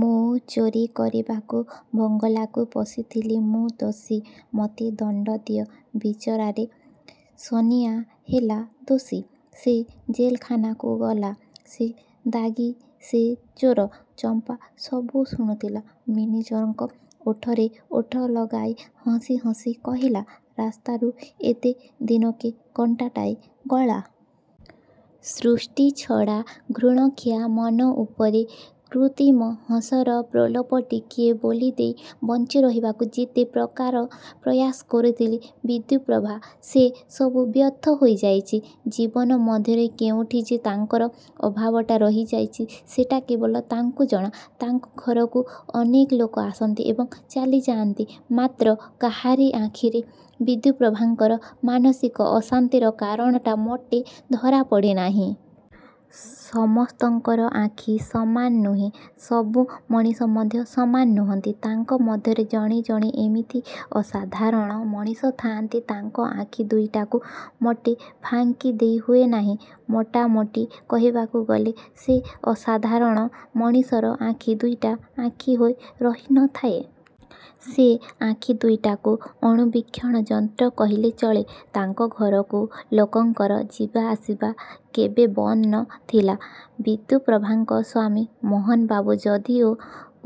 ମୁଁ ଚୋରୀ କରିବାକୁ ବଙ୍ଗଳାକୁ ପଶିଥିଲି। ମୁଁ ଦୋଷୀ। ମୋତେ ଦଣ୍ଡ ଦିଅ। '' ବିଚାରରେ ସନିଆ ହେଲା ଦୋଷୀ। ସେ ଜେଲଖାନାକୁ ଗଲା। ସେ ଦାଗୀ, ସେ ଚୋର। ଚମ୍ପା ସବୁ ଶୁଣିଲା। ମେନେଜରଙ୍କ ଓଠରେ ଓଠ ଲଗାଇ ହସି ହସି କହିଲା, ''ରାସ୍ତାରୁ ଏତେ ଦିନକେ କଣ୍ଟାଟାଏ ଗଲା। '' ସୃଷ୍ଟି ଛଡ଼ା ଘୁଣଖିଆ ମନ ଉପରେ କୃତ୍ରିମ ହସର ପ୍ରଲେପ ଟିକିଏ ବୋଳିଦେଇ ବଞ୍ଚିରହିବାକୁ ଯେତେ ପ୍ରକାର ପ୍ରୟାସ କରୁଥିଲେ ବିଦ୍ୟୁପ୍ରଭା ସେ ସବୁ ବ୍ୟର୍ଥ ହୋଇଯାଇଛି। ଜୀବନ ମଧ୍ୟରେ କେଉଁଠି ଯେ ତାଙ୍କର ଅଭାବଟା ରହିଯାଇଛି ସେଟା କେବଳ ତାଙ୍କୁ ଜଣା। ତାଙ୍କ ଘରକୁ ଅନେକ ଲୋକ ଆସନ୍ତି ଏବଂ ଚାଲିଯାଆନ୍ତି, ମାତ୍ର କାହାରି ଆଖିରେ ବିଦ୍ୟୁପ୍ରଭାଙ୍କର ମାନସିକ ଅଶାନ୍ତିର କାରଣଟା ମୋଟେ ଧରାପଡ଼େ ନାହିଁ। ସମସ୍ତଙ୍କର ଆଖି ସମାନ ନୁହେଁ। ସବୁ ମଣିଷ ମଧ୍ୟ ସମାନ ନୁହଁନ୍ତି। ତାଙ୍କ ମଧ୍ୟରେ ଜଣେ ଜଣେ ଏମିତି ଅସାଧାରଣ ମଣିଷ ଥାଆନ୍ତି ତାଙ୍କ ଆଖି ଦୁଇଟାକୁ ମୋଟେ ଫାଙ୍କିଦେଇ ହୁଏ ନାହିଁ। ମୋଟାମୋଟି କହିବାକୁ ଗଲେ। ସେ ଅସାଧାରଣ ମଣିଷର ଆଖି ଦୁଇଟା ଆଖି ହୋଇ ରହିନଥାଏ-। ସେ ଆଖି ଦୁଇଟାକୁ ଅଣୁବୀକ୍ଷଣଯନ୍ତ୍ର କହିଲେ ଚଳେ। ତାଙ୍କ ଘରକୁ ଲୋକଙ୍କର ଯିବାଆସିବା କେବେ ବନ୍ଦ ନ ଥିଲା। ବିଦ୍ୟୁପ୍ରଭାଙ୍କର ସ୍ୱାମୀ ମୋହନବାବୁ ଯଦିଓ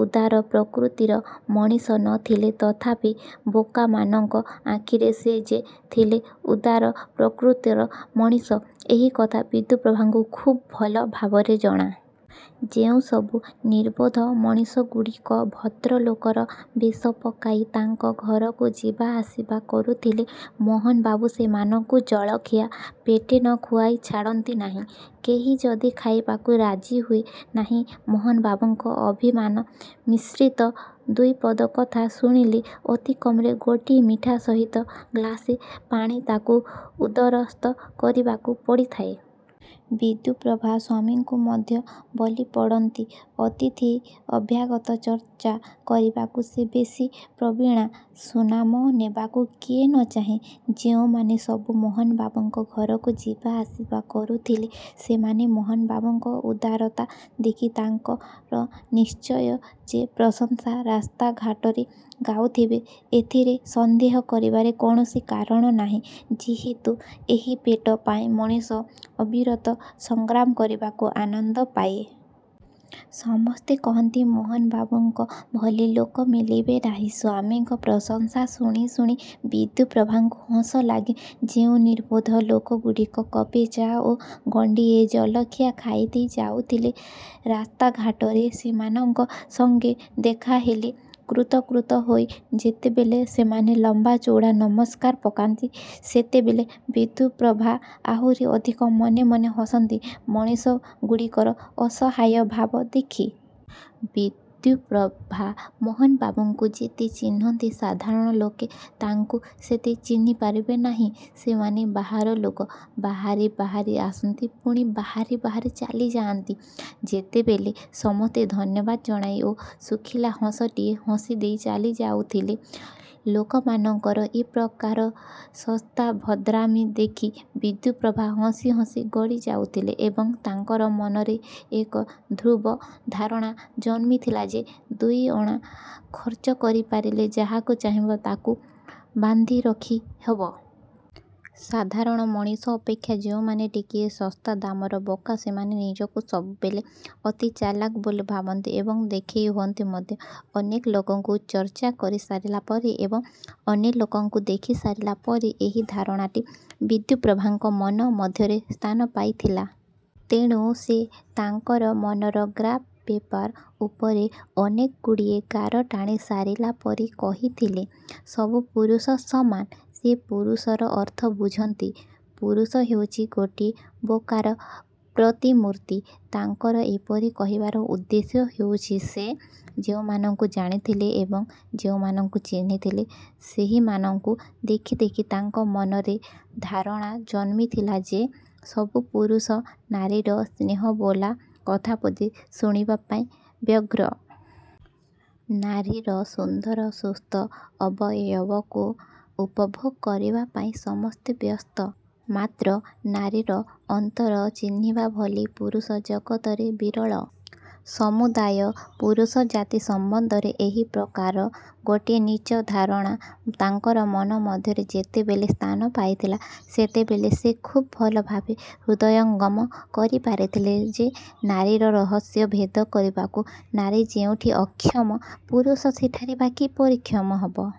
ଉଦାର ପ୍ରକୃତିର ମଣିଷ ନ ଥିଲେ ତଥାପି ବୋକାମାନଙ୍କ ଆଖିରେ ସେ ଯେ ଥିଲେ ଉଦାର ପ୍ରକୃତିର ମଣିଷ ଏହି କଥା ବିଦ୍ୟୁପ୍ରଭାଙ୍କୁ ଖୁବ୍ ଭଲ ଭାବରେ ଜଣା। ଯେଉଁସବୁ ନିର୍ବୋଧ ମଣିଷଗୁଡ଼ିକ ଭଦ୍ରଲୋକର ବେଶ ପକାଇ ତାଙ୍କ ଘରକୁ ଯିବାଆସିବା କରୁଥିଲେ ମୋହନବାବୁ ସେମାନଙ୍କୁ ଜଳଖିଆ ପେଟେ ନ ଖୁଆଇ ଛାଡ଼ନ୍ତି ନାହିଁ। କେହି ଯଦି ଖାଇବାକୁ ରାଜି ହୁଏ ନାହିଁ ମୋହନବାବୁଙ୍କ ଅଭିମାନ ମିଶ୍ରିତ ଦୁଇପଦ କଥା ଶୁଣିଲେ ଅତି କମରେ ଗୋଟିଏ ମିଠା ସହିତ ଗ୍ଲାସେ ପାଣି ତାକୁ ଉଦରସ୍ଥ କରିବାକୁ ପଡ଼ିଥାଏ। ବିଦ୍ୟୁପ୍ରଭା ସ୍ୱାମୀଙ୍କୁ ମଧ୍ୟ ବଳିପଡ଼ନ୍ତି। ଅତିଥି, ଅଭ୍ୟାଗତ ଚର୍ଚ୍ଚା କରିବାକୁ ସେ ବେଶ୍ ପ୍ରବୀଣା। ସୁନାମ ନେବାକୁ କିଏ ନ ଚାହେଁ? ଯେଉଁମାନେ ସବୁ ମୋହନବାବୁଙ୍କ ଘରକୁ ଯିବା ଆସିବା କରୁଥିଲେ ସେମାନେ ମୋହନବାବୁଙ୍କ ଉଦାରତା ଦେଖି ତାଙ୍କର ନିଶ୍ଚୟ ଯେ ପ୍ରଶଂସା ରାସ୍ତାଘାଟରେ ଗାଉଥିବେ ଏଥିରେ ସନ୍ଦେହ କରିବାରେ କୌଣସି କାରଣ ନାହିଁ, ଯେହେତୁ ଏହି ପେଟ ପାଇଁ ମଣିଷ ଅବିରତ ସଂଗ୍ରାମ କରିବାକୁ ଆନନ୍ଦ ପାଏ। ସମସ୍ତେ କହନ୍ତି ମୋହନବାବୁଙ୍କ ଭଳି ଲୋକ ମିଳିବେ ନାହିଁ। ସ୍ଵାମୀଙ୍କ ପ୍ରଶଂସା ଶୁଣି ଶୁଣି ବିଦ୍ୟୁପ୍ରଭାଙ୍କୁ ହସ ଲାଗେ। ଯେଉଁ ନିର୍ବୋଧ ଲୋକଗୁଡ଼ିକ କପେ ଚା' ଓ ଗଣ୍ଡିଏ ଜଳଖିଆ ଖାଇଦେଇ ଯାଉଥିଲେ ରାସ୍ତାଘାଟରେ ସେମାନଙ୍କ ସଙ୍ଗେ ଦେଖାହେଲେ କୃତ୍ୟକୃତ୍ୟ ହୋଇ ଯେତେବେଳେ ସେମାନେ ଲମ୍ବା ଚୌଡ଼ା ନମସ୍କାର ପକାନ୍ତି ସେତେବେଳେ ବିଦ୍ୟୁପ୍ରଭା ଆହୁରି ଅଧିକ ମନେମନେ ହସନ୍ତି ମଣିଷଗୁଡ଼ିକର ଅସହାୟଭାବ ଦେଖି। ବିଦ୍ୟୁପ୍ରଭା ମୋହନବାବୁଙ୍କୁ ଯେତେ ଚିହ୍ନନ୍ତି ସାଧାରଣ ଲୋକେ ତାଙ୍କୁ ସେତେ ଚିହ୍ନିପାରିବେ ନାହିଁ। ସେମାନେ ବାହାର ଲୋକ। ବାହାରେ ବାହାରେ ଆସନ୍ତି, ପୁଣି ବାହାରେ ବାହାରେ ଚାଲିଯାଆନ୍ତି। ଯେତେବେଳେ ସମସ୍ତେ ଧନ୍ୟବାଦ ଜଣାଇ ଓ ଶୁଖିଲା ହସଟିଏ ହସିଦେଇ ଚାଲିଯାଉଥିଲେ। ଲୋକମାନଙ୍କର ଏ ପ୍ରକାର ଶସ୍ତା ଭଦ୍ରାମି ଦେଖି ବିଦ୍ୟୁପ୍ରଭା ହସି ହସି ଗଡ଼ିଯାଉଥିଲେ ଏବଂ ତାଙ୍କର ମନରେ ଏକ ଧ୍ରୁବ ଧାରଣା ଜନ୍ମିଥିଲା ଯେ ଦୁଇଅଣା ଖର୍ଚ୍ଚ କରିପାରିଲେ ଯାହାକୁ ଚାହିଁବ ତାକୁ ବାନ୍ଧି ରଖିହେବ। ସାଧାରଣ ମଣିଷ ଅପେକ୍ଷା ଯେଉଁମାନେ ଟିକିଏ ଶସ୍ତା ଦାମର ବୋକା ସେମାନେ ନିଜକୁ ସବୁବେଳେ ଅତି ଚାଲାକ ବୋଲି ଭାବନ୍ତି ଏବଂ ଦେଖାଇ ହୁଅନ୍ତି ମଧ୍ୟ। ଅନେକ ଲୋକଙ୍କୁ ଚର୍ଚ୍ଚା କରିସାରିଲା ପରେ ଏବଂ ଅନେକ ଲୋକଙ୍କୁ ଦେଖିସାରିଲା ପରେ ଏହି ଧାରଣାଟି ବିଦ୍ୟୁପ୍ରଭାଙ୍କ ମନ ମଧ୍ୟରେ ସ୍ଥାନ ପାଇଥିଲା। ତେଣୁ ସେ ତାଙ୍କର ମନର ଗ୍ରାଫ୍ ପେପାର ଉପରେ ଅନେକଗୁଡ଼ିଏ ଗାର ଟାଣି ସାରିଲା ପରେ କହିଥିଲେ, ''ସବୁ ପୁରୁଷ ସମାନ। '' ସେ ପୁରୁଷର ଅର୍ଥ ବୁଝନ୍ତି। ପୁରୁଷ ହେଉଛି ଗୋଟାଏ ବୋକାର ପ୍ରତିମୂର୍ତ୍ତି। ତାଙ୍କର ଏପରି କହିବାର ଉଦ୍ଦେଶ୍ୟ ହେଉଛି ସେ ଯେଉଁମାନଙ୍କୁ ଜାଣିଥିଲେ ଏବଂ ଯେଉଁମାନଙ୍କୁ ଚିହ୍ନିଥିଲେ ସେହିମାନଙ୍କୁ ଦେଖି ଦେଖି ତାଙ୍କ ମନରେ ଧାରଣା ଜନ୍ମିଥିଲା ଯେ ସବୁ ପୁରୁଷ ନାରୀର ସ୍ନେହବୋଳା କଥାପଦେ ଶୁଣିବା ପାଇଁ ବ୍ୟଗ୍ର। ନାରୀର ସୁନ୍ଦର ସୁସ୍ଥ ଅବୟବକୁ ଉପଭୋଗ କରିବାପାଇଁ ସମସ୍ତେ ବ୍ୟସ୍ତ। ମାତ୍ର ନାରୀର ଅନ୍ତର ଚିହ୍ନିବା ଭଳି ପୁରୁଷ ଜଗତରେ ବିରଳ। ସମୁଦାୟ ପୁରୁଷ ଜାତି ସମ୍ବନ୍ଧରେ ଏହି ପ୍ରକାର ଗୋଟିଏ ନୀଚ ଧାରଣା ତାଙ୍କର ମନ ମଧ୍ୟରେ ଯେତେବେଳେ ସ୍ଥାନପାଇଥିଲା ସେତେବେଳେ ସେ ଖୁବ୍ ଭଲଭାବେ ହୃଦୟଙ୍ଗମ କରିପାରିଥିଲେ ଯେ ନାରୀର ରହସ୍ୟ ଭେଦ କରିବାକୁ ନାରୀ ଯେଉଁଠି ଅକ୍ଷମ ପୁରୁଷ ସେଠାରେ ବା କିପରି କ୍ଷମ ହେବ?